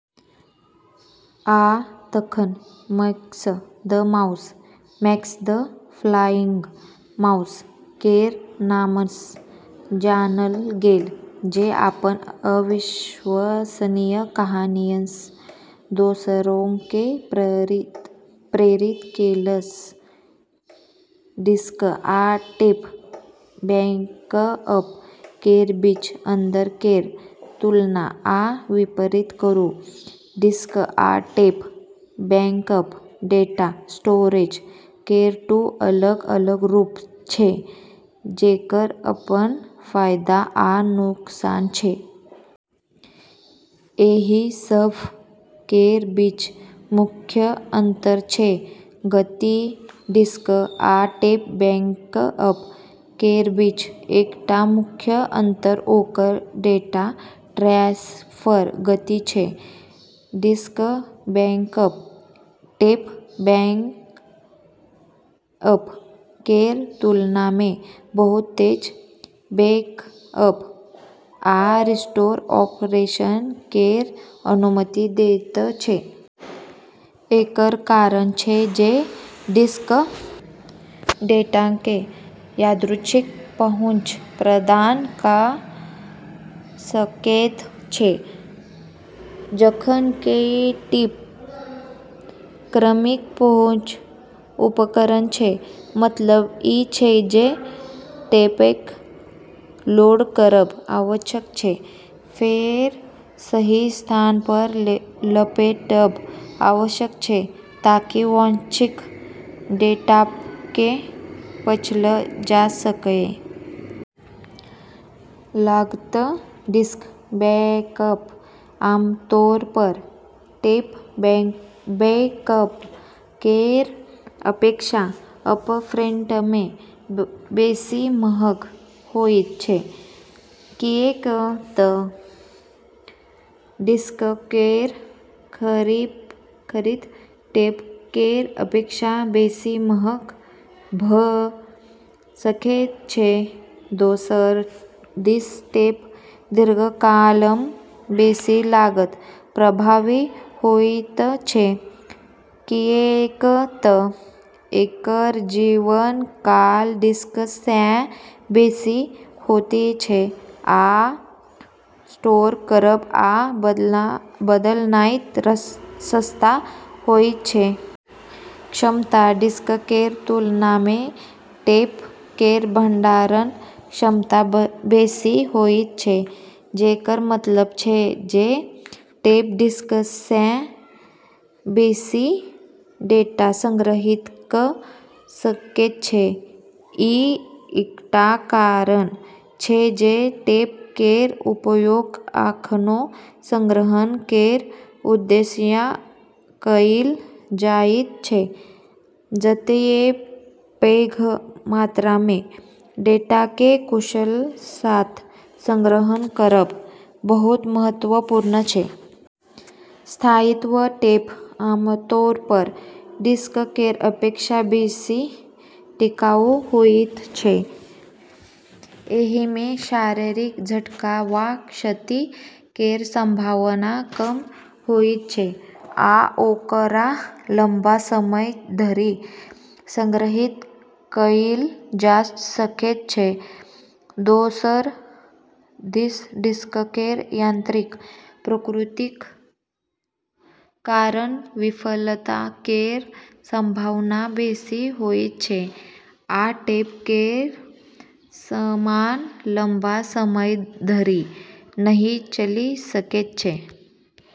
आ तखन, Max the mouse 'Max the flying mouse' केर नामसँ जानल गेल, जे अपन अविश्वसनीय कहानीसँ दोसरोकेँ प्रेरित केलक। डिस्क आ टेप बैकअप केर बीच अंतर केर तुलना आ विपरीत करू। डिस्क आ टेप बैकअप डेटा स्टोरेज केर दू अलग-अलग रूप छै जेकर अपन फायदा आ नुकसान छै। एहि सभ केर बीच मुख्य अंतर छै: गति: डिस्क आ टेप बैकअप केर बीच एकटा मुख्य अंतर ओकर डेटा ट्रांसफर गति छै। डिस्क बैकअप टेप बैकअप केर तुलनामे बहुत तेज बैकअप आ रिस्टोर ऑपरेशन केर अनुमति दैत छै। एकर कारण छै जे डिस्क डेटाकेँ यादृच्छिक पहुँच प्रदान कऽ सकैत छै, जखन कि टेप क्रमिक पहुँच उपकरण छै, मतलब ई छै जे टेपकेँ लोड करब आवश्यक छै, फेर सही स्थानपर लपेटब आवश्यक छै ताकि वांछित डेटाकेँ पढ़ल जा सकए। लागत: डिस्क बैकअप आमतौरपर टेप बैकअप केर अपेक्षा अपफ्रंटमे बेसी महग होइत छै, किऐक तऽ डिस्क केर खरीद टेप केर अपेक्षा बेसी महग भऽ सकैत छै। दोसर दिस टेप दीर्घकालमे बेसी लागत प्रभावी होइत छै, किऐक तऽ एकर जीवन काल डिस्क सँ बेसी होइत छै आ स्टोर करब आ बदलनाइ सस्ता होइत छै। क्षमता: डिस्क केर तुलनामे टेप केर भंडारण क्षमता बेसी होइत छै, जेकर मतलब छै जे टेप डिस्क सँ बेसी डेटा संग्रहीत कऽ सकैत छै। ई एकटा कारण छै जे टेप केर उपयोग अखनो संग्रहण केर उद्देश्यसँ कएल जाइत छै, जतए पैघ मात्रामे डेटाकेँ कुशलतासँ संग्रहण करब बहुत महत्वपूर्ण छै। स्थायित्व: टेप आमतौरपर डिस्क केर अपेक्षा बेसी टिकाऊ होइत छै। एहिमे शारीरिक झटका वा क्षति केर संभावना कम होइत छै, आ ओकरा लंबा समय धरि संग्रहित कएल जा सकैत छै। दोसर दिस डिस्क केर यांत्रिक प्रकृतिक कारण विफलता केर संभावना बेसी होइत छै, आ टेप केर समान लंबा समय धरि नहि चलि सकैत छै।